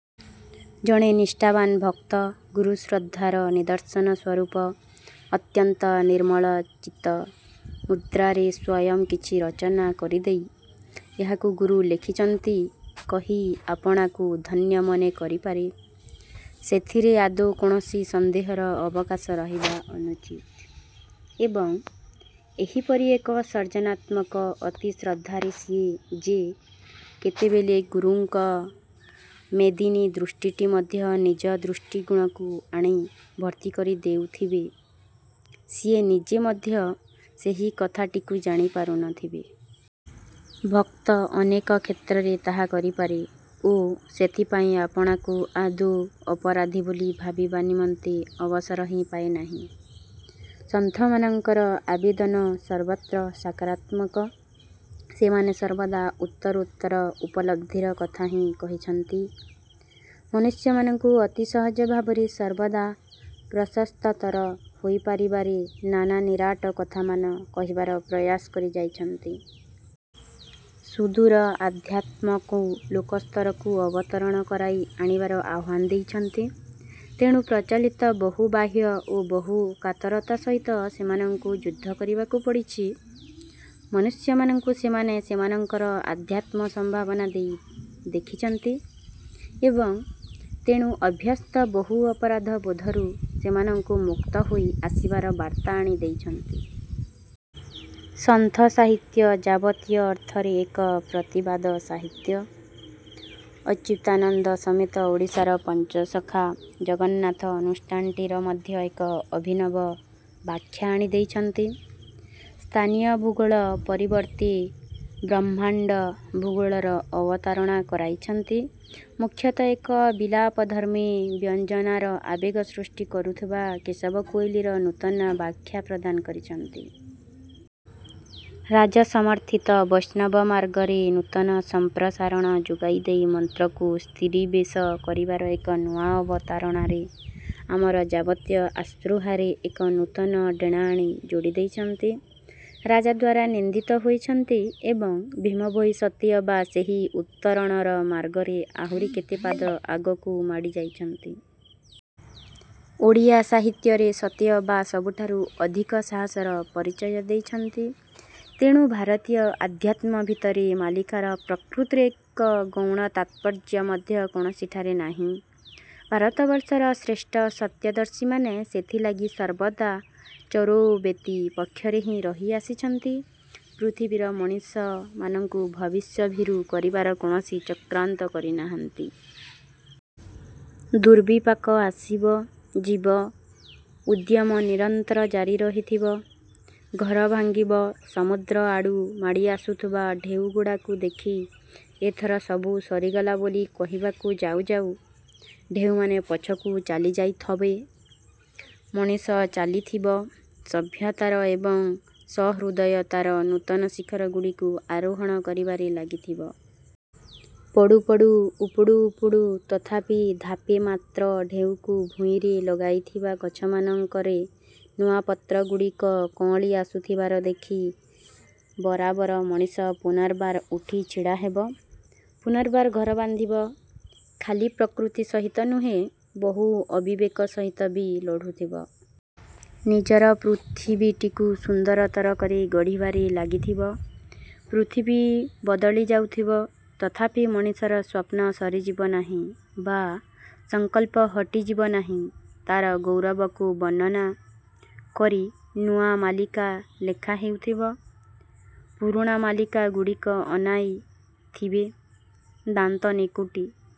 ଜଣେ ନିଷ୍ଠାବାନ ଭକ୍ତ ଗୁରୁଶ୍ରଦ୍ଧାର ନିଦର୍ଶନ ସ୍ୱରୂପ ଅତ୍ୟନ୍ତ ନିର୍ମଳଚିତ ମୁଦ୍ରାରେ ସ୍ୱୟଂ କିଛି ରଚନା କରିଦେଇ ଏହାକୁ ଗୁରୁ ଲେଖିଛନ୍ତି କହି ଆପଣାକୁ ଧନ୍ୟ ମନେ କରିପାରେ, ସେଥିରେ ଆଦୌ କୌଣସି ସନ୍ଦେହର ଅବକାଶ ରହିବା ଅନୁଚିତ। ଏବଂ, ଏହିପରି ଏକ ସର୍ଜନାତ୍ମକ ଅତି-ଶ୍ରଦ୍ଧାରେ ସିଏ ଯେ କେତେବେଳେ ଗୁରୁଙ୍କ ମେଦିନୀ-ଦୃଷ୍ଟିଟି ମଧ୍ୟରେ ନିଜ ଦୃଷ୍ଟିଗୁଡ଼ିକୁ ଆଣି ଭର୍ତ୍ତି କରି ଦେଉଥିବେ, ସିଏ ନିଜେ ମଧ୍ୟ ସେହି କଥାଟିକୁ ଜାଣି ପାରୁନଥିବେ। ଭକ୍ତ ଅନେକ କ୍ଷେତ୍ରରେ ତାହା କରିପାରେ ଓ ସେଥିପାଇଁ ଆପଣାକୁ ଆଦୌ ଅପରାଧୀ ବୋଲି ଭାବିବା ନିମନ୍ତେ ଅବସର ହିଁ ପାଏ ନାହିଁ। ସନ୍ଥମାନଙ୍କର ଆବେଦନ ସର୍ବତ୍ର ସକାରାତ୍ମକ। ସେମାନେ ସର୍ବଦା ଉତ୍ତରୋତ୍ତର ଉପଲବ୍ଧିର କଥା ହିଁ କହିଛନ୍ତି। ମନୁଷ୍ୟମାନଙ୍କୁ ଅତି ସହଜ ଭାବରେ ସର୍ବଦା ପ୍ରଶସ୍ତତର ହୋଇପାରିବାରେ ନାନା ନିରାଟ କଥାମାନ କହିବାର ପ୍ରୟାସ କରିଯାଇଛନ୍ତି। ସୁଦୂର ଆଧ୍ୟାତ୍ମକୁ ଲୋକସ୍ତରକୁ ଅବତରଣ କରାଇ ଆଣିବାର ଆହ୍ୱାନ ଦେଇଛନ୍ତି। ତେଣୁ ପ୍ରଚଳିତ ବହୁ ବାହ୍ୟ ଓ ବହୁ କାତରତା ସହିତ ସେମାନଙ୍କୁ ଯୁଦ୍ଧ କରିବାକୁ ପଡ଼ିଛି। ମନୁଷ୍ୟମାନଙ୍କୁ ସେମାନେ ସେମାନଙ୍କର ଅଧ୍ୟାତ୍ମ ସମ୍ଭାବନା ଦେଇ ଦେଖିଛନ୍ତି ଏବଂ ତେଣୁ ଅଭ୍ୟସ୍ତ ବହୁ ଅପରାଧବୋଧରୁ ସେମାନଙ୍କୁ ମୁକ୍ତ ହୋଇ ଆସିବାର ବାର୍ତ୍ତା ଆଣି ଦେଇଛନ୍ତି। ସନ୍ଥସାହିତ୍ୟ ଯାବତୀୟ ଅର୍ଥରେ ଏକ ପ୍ରତିବାଦ ସାହିତ୍ୟ। ଅଚ୍ୟୁତାନନ୍ଦ ସମେତ ଓଡ଼ିଶାର ପଞ୍ଚସଖା ଜଗନ୍ନାଥ ଅନୁଷ୍ଠାନଟିର ମଧ୍ୟ ଏକ ଅଭିନବ ବାଖ୍ୟା ଆଣି ଦେଇଛନ୍ତି। ସ୍ଥାନୀୟ ଭୂଗୋଳ ପରିବର୍ତ୍ତେ ବ୍ରହ୍ମାଣ୍ଡ ଭୂଗୋଳର ଅବତାରଣା କରାଇଛନ୍ତି। ମୁଖ୍ୟତଃ ଏକ ବିଳାପଧର୍ମୀ ବ୍ୟଞ୍ଜନାର ଆବେଗ ସୃଷ୍ଟି କରୁଥିବା କେଶବ କୋଇଲିର ନୂତନ ବାଖ୍ୟା ପ୍ରଦାନ କରିଛନ୍ତି। ରାଜସମର୍ଥିତ ବୈଷ୍ଣବ ମାର୍ଗରେ ନୂତନ ସମ୍ପ୍ରସାରଣ ଯୋଗାଇ ଦେଇ ମନକୁ ସ୍ତୀରିବେଶ କରିବାର ଏକ ନୂଆ ଅବତାରଣାରେ ଆମର ଯାବତୀୟ ଆସ୍ପୃହାରେ ଏକ ନୂତନ ଡ଼େଣା ଆଣି ଯୋଡ଼ି ଦେଇଛନ୍ତି। ରାଜା ଦ୍ଵାରା ନିନ୍ଦିତ ହୋଇଛନ୍ତି। ଏବଂ, ଭୀମ ଭୋଇ ସତେ ଅବା ସେହି ଉତ୍ତରଣର ମାର୍ଗରେ ଆହୁରି କେତେ ପାଦ ଆଗକୁ ମାଡ଼ି ଯାଇଛନ୍ତି। ଓଡ଼ିଆ ସାହିତ୍ୟରେ ସତେଅବା ସବୁଠାରୁ ଅଧିକ ସାହସର ପରିଚୟ ଦେଇଛନ୍ତି। ତେଣୁ ଭାରତୀୟ ଅଧ୍ୟାତ୍ମ ଭିତରେ ମାଳିକାର ପ୍ରକୃତରେ ଏକ ଗୌଣ ତାତ୍ପର୍ଯ୍ୟ ମଧ୍ୟ କୌଣସିଠାରେ ନାହିଁ। ଭାରତବର୍ଷର ଶ୍ରେଷ୍ଠ ସତ୍ୟଦର୍ଶୀମାନେ ସେଥିଲାଗି ସର୍ବଦା ଚରୈବେତି ପକ୍ଷରେ ହିଁ ରହିଆସିଛନ୍ତି। ପୃଥିବୀର ମଣିଷମାନଙ୍କୁ ଭବିଷ୍ୟଭୀରୁ କରିବାର କୌଣସି ଚକ୍ରାନ୍ତ କରିନାହାନ୍ତି। ଦୁର୍ବିପାକ ଆସିବ, ଯିବ, ଉଦ୍ୟମ ନିରନ୍ତର ଜାରି ରହିଥିବ। ଘର ଭାଙ୍ଗିବ, ସମୁଦ୍ର ଆଡୁ ମାଡ଼ି ଆସୁଥିବା ଢ଼େଉ ଗୁଡ଼ାକୁ ଦେଖି ଏଥର ସବୁ ସରିଗଲା ବୋଲି କହିବାକୁ ଯାଉ ଯାଉ ଢେଉମାନେ ପଛକୁ ଚାଲିଯାଇଥବେ। ମଣିଷ ଚାଲିଥିବ, ସଭ୍ୟତାର ଏବଂ ସହୃଦୟତାର ନୂତନ ଶିଖର ଗୁଡ଼ିକୁ ଆରୋହଣ କରିବାରେ ଲାଗିଥିବ। ପଡୁ ପଡୁ ଉପୁଡୁ ଉପୁଡୁ ତଥାପି ଧାପେ ମାତ୍ର ଢ଼େଉକୁ ଭୂଇଁରେ ଲଗାଇଥିବା ଗଛମାନଙ୍କରେ ନୂଆ ପତ୍ରଗୁଡ଼ିକ କଅଁଳି ଆସୁଥିବାର ଦେଖି ବରାବର ମଣିଷ ପୁନର୍ବାର ଉଠି ଛିଡ଼ା ହେବ। ପୁନର୍ବାର ଘର ବାନ୍ଧିବ। ଖାଲି ପ୍ରକୃତି ସହିତ ନୁହେଁ, ବହୁ ଅବିବେକ ସହିତ ବି ଲଢୁଥିବ। ନିଜର ପୃଥିବୀଟିକୁ ସୁନ୍ଦରତର କରି ଗଢ଼ିବାରେ ଲାଗିଥିବ। ପୃଥିବୀ ବଦଳି ଯାଉଥିବ। ତଥାପି ମଣିଷର ସ୍ୱପ୍ନ ସରିଯିବ ନାହିଁ ବା ସଂକଳ୍ପ ହଟିଯିବ ନାହିଁ। ତା'ର ଗୌରବକୁ ବର୍ଣ୍ଣନା। କରି ନୂଆ ମାଳିକା ଲେଖା ହେଉଥିବ; ପୁରୁଣା ମାଳିକା ଗୁଡ଼ାକ ଅନାଇ ଥିବେ। ଦାନ୍ତ ନିକୁଟି